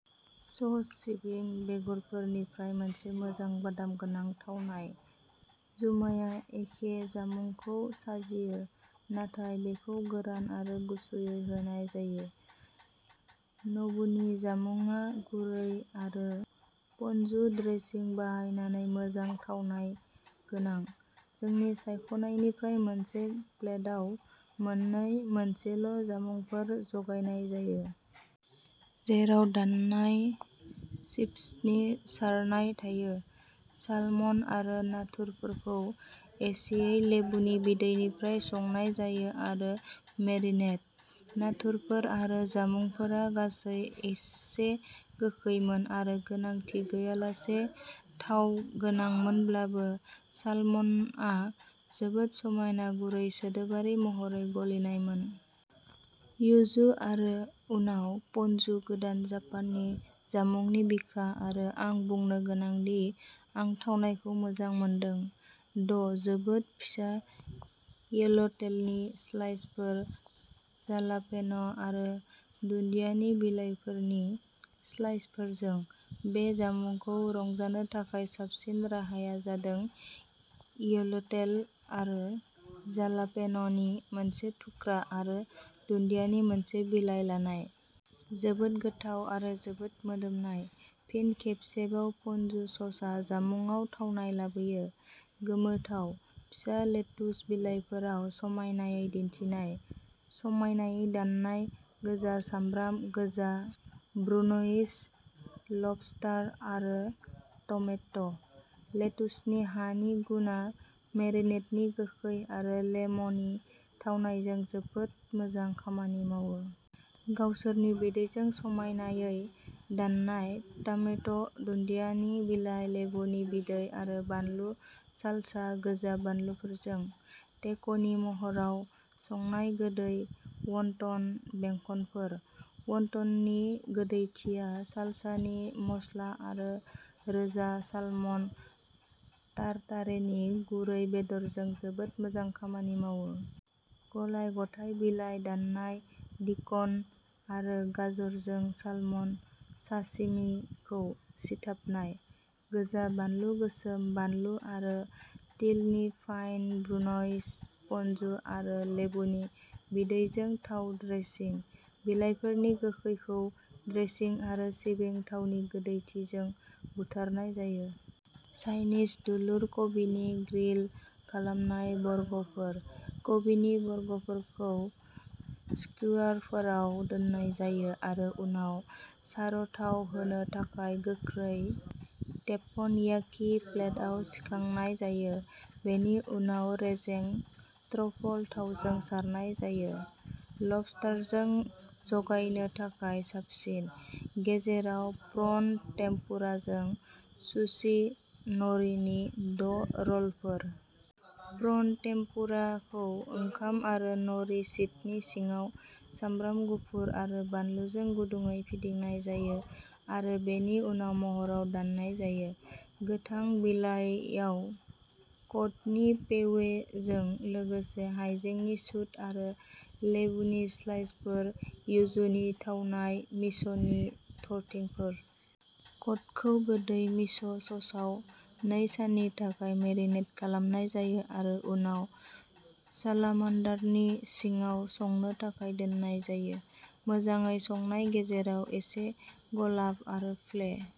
सस, सिबिं बेगरफोरनिफ्राय मोनसे मोजां बादाम गोनां थावनाय। जुमाया एखे जामुंखौ जाजियो। नाथाय बेखौ गोरान आरो गुसुयै होनाय जायो। नबुनि जामुंआ गुरै आरो पनजु ड्रेसिं बाहायनानै मोजां थावनाय गोनां। जोंनि सायख'नायनिफ्राय मोनसे प्लेटआव मोननै मोनसेल' जामुंफोर जगायनाय जायो। जेराव दाननाय चिभ्सनि सारनाय थायो। सालमन आरो नाथुरफोरखौ एसेयै लेबुनि बिदैनिफ्राय संनाय जायो आरो मेरिनेड। नाथुरफोर आरो जामुंफोरा गासै एसे गोखैमोन आरो गोनांथि गैयालासे थाव गोनांमोनब्लाबो सालमनआ जोबोद समायना गुरै सोदोबारि महरै गलिनायमोन। युजु आरो उनाव पनजु गोदान जापाननि जामुंनि बिखा आरो आं बुंनो गोनां दि आं थावनायखौ मोजां मोनदों। द’ जोबोद फिसा येल'टेलनि स्लाइसफोर जालापेन' आरो दुन्दियानि बिलाइफोरनि स्लाइसफोरजों। बे जामुंखौ रंजानो थाखाय साबसिन राहाया जादों येल'टेल आरो जालापेन'नि मोनसे थुख्रा आरो दुन्दियानि मोनसे बिलाइ लानाय। जोबोद गोथाव आरो जोबोद मोदोमनाय। फिन खेबसेबाव पनजु ससआ जामुंआव थावनाय लाबोयो। गोमोथाव। फिसा लेटुस बिलाइफोराव समायनायै दिन्थिनाय। समायनायै दाननाय गोजा सामब्राम गोजा ब्रुन'इज लबस्टार आरो टामेट'। लेटुसनि हानि गुनआ मेरिनेडनि गोखै आरो लेमनि थावनायजों जोबोद मोजां खामानि मावो। गावसोरनि बिदैजों समायनायै दाननाय टामेट’ दुन्दियानि बिलाइ लेबुनि बिदै आरो बानलु सालसा गोजा बानलुफोरजों। टेक'नि महराव संनाय गोदै वनटन बेंखनफोर। वनटननि गोदैथिया सालसानि मस्ला आरो रोजा सालमन टारटारेनि गुरै बेदरजों जोबोद मोजां खामानि मावो। गलाय-गथाय बिलाइ दाननाय डिक'न आरो गाजरजों सालमन साशिमिखौ सिथाबनाय। गोजा बानलु गोसोम बानलु आरो तिलनि फाइन ब्रुन'इज पनजु आरो लेबुनि बिदैजों थाव ड्रेसिं। बिलाइफोरनि गोखैखौ ड्रेसिं आरो सिबिं थाव नि गोदैथिजों बुथारनाय जायो। चाइनिज दुलुर कबिनि ग्रिल खालामनाय बर्गफोर। कबिनि बर्गफोरखौ स्किवारफोराव दोननाय जायो आरो उनाव चार'थाव होनो थाखाय गोख्रै टेप्पनयाकि प्लेटआव सिखांनाय जायो। बेनि उनाव रेजें ट्रफल थावजों सारनाय जायो। लबस्टारजों जगायनो थाखाय साबसिन। गेजेराव प्रन टेम्पुराजों सुशि न'रिनि द’ रलफोर। प्रन टेम्पुराखौ ओंखाम आरो न'रि शीटनि सिङाव सामब्राम गुफुर आरो बानलुजों गुदुंयै फिदिंनाय जायो आरो बेनि उनाव महरआव दाननाय जायो। गोथां बिलाइआव क'डनि पेवे जों लोगोसे हायजेंनि शुट आरो लेबुनि स्लाइसफोर युजुनि थावनाय मिस'नि थरथिंफोर। क'डखौ गोदै मिस' ससआव नै साननि थाखाय मेरिनेट खालामनाय जायो आरो उनाव सालामान्डारनि सिङाव संनो थाखाय दोननाय जायो। मोजाङै संनाय गेजेराव एसे गलाब आरो फ्ले